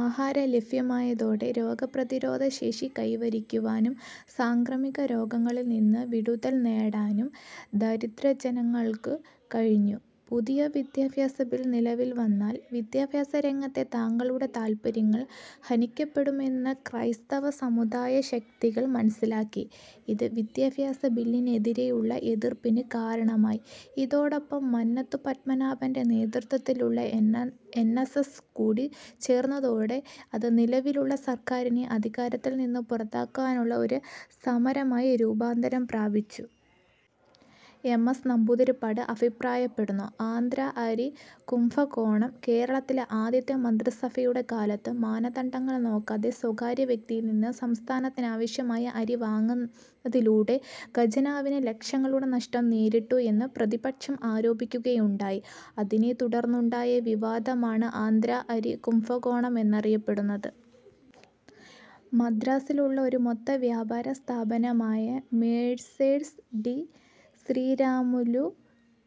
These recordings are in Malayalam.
ആഹാരം ലഭ്യമായതോടെ, രോഗപ്രതിരോധശേഷി കൈവരിക്കാനും, സാംക്രമികരോഗങ്ങളിൽ നിന്നും വിടുതൽ നേടാനും ദരിദ്രജനങ്ങൾക്കു കഴിഞ്ഞു. പുതിയ വിദ്യാഭ്യാസ ബിൽ നിലവിൽ വന്നാൽ വിദ്യാഭ്യാസരംഗത്തെ തങ്ങളുടെ താൽപര്യങ്ങൾ ഹനിക്കപ്പെടുമെന്ന് ക്രൈസ്തവ സമുദായശക്തികൾ മനസ്സിലാക്കി. ഇത് വിദ്യാഭ്യാസബില്ലിനെതിരേയുള്ള എതിർപ്പിനു കാരണമായി. ഇതോടൊപ്പം മന്നത്തു പദ്മനാഭന്റെ നേതൃത്വത്തിലുള്ള എൻ. എസ്. എസ്സും കൂടി ചേർന്നതോടെ അത് നിലവിലുള്ള സർക്കാരിനെ അധികാരത്തിൽ നിന്നും പുറത്താക്കാനുള്ള ഒരു സമരമായി രൂപാന്തരം പ്രാപിച്ചു. എം. എസ്സ് നമ്പൂതിരിപ്പാട് അഭിപ്രായപ്പെടുന്നു. ആന്ധ്രാ അരി കുംഭകോണം: കേരളത്തിലെ ആദ്യത്തെ മന്ത്രിസഭയുടെ കാലത്ത് മാനദണ്ഡങ്ങൾ നോക്കാതെ സ്വകാര്യ വ്യക്തിയിൽ നിന്നും സംസ്ഥാനത്തിനാവശ്യമായ അരി വാങ്ങിയതിലൂടെ ഖജനാവിന് ലക്ഷങ്ങളുടെ നഷ്ടം നേരിട്ടു എന്ന് പ്രതിപക്ഷം ആരോപിക്കുകയുണ്ടായി, അതിനെ തുടർന്നുണ്ടായ വിവാദമാണ് ആന്ധ്രാ അരി കുംഭകോണം എന്നറിയപ്പെടുന്നത്. മദ്രാസ്സിലുള്ള ഒരു മൊത്തവ്യാപാരസ്ഥാപനമായ "Messrs T. Sriramulu,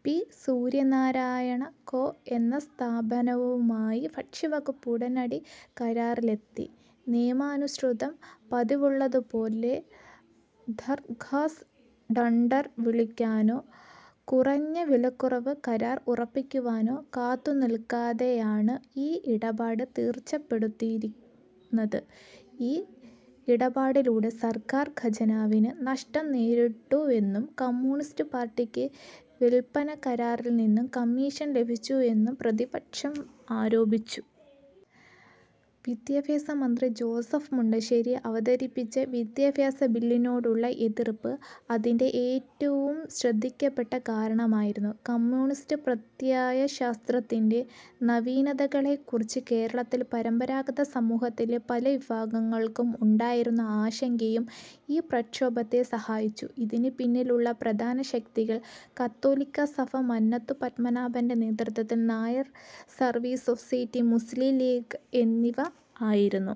P. Suryanarayana & Co. " എന്ന സ്ഥാപനവുമായി ഭക്ഷ്യവകുപ്പ് ഉടനടി കരാറിലെത്തി. നിയമാനുസൃതം പതിവുള്ളതുപോലെ ദർഘാസ് ടെണ്ടർ വിളിക്കാനോ കുറഞ്ഞ വിലയ്ക്കു് കരാർ ഉറപ്പിക്കാനോ കാത്തുനിൽക്കാതെയാണു് ഈ ഇടപാട് തീർച്ചപ്പെടുത്തിയതു്. ഈ ഇടപാടിലൂടെ സർക്കാർ ഖജനാവിന് നഷ്ടം നേരിട്ടുവെന്നും, കമ്മ്യൂണിസ്റ്റ് പാർട്ടിക്ക് വില്പനക്കാരനിൽ നിന്നും കമ്മീഷൻ ലഭിച്ചുവെന്നും പ്രതിപക്ഷം ആരോപിച്ചു. വിദ്യാഭ്യാസമന്ത്രി ജോസഫ് മുണ്ടശ്ശേരി അവതരിപ്പിച്ച വിദ്യാഭ്യാസ ബില്ലിനോടുള്ള എതിർപ്പ് അതിന്റെ ഏറ്റവും ശ്രദ്ധിക്കപ്പെട്ട കാരണമായിരുന്നു. കമ്മ്യൂണിസ്റ്റു പ്രത്യയശാസ്ത്രത്തിന്റെ നവീനതകളെക്കുറിച്ച് കേരളത്തിൽ പരമ്പരാഗത സമൂഹത്തിലെ പലവിഭാഗങ്ങൾക്കും ഉണ്ടായിരുന്ന ആശങ്കയും ഈ പ്രക്ഷോഭത്തെ സഹായിച്ചു. ഇതിനു പിന്നിലുള്ള പ്രധാന ശക്തികൾ കത്തോലിക്കാ സഭ, മന്നത്തു പത്മനാഭന്റെ നേതൃത്വത്തിൽ Nair Service Society, Muslim League എന്നിവ ആയിരുന്നു.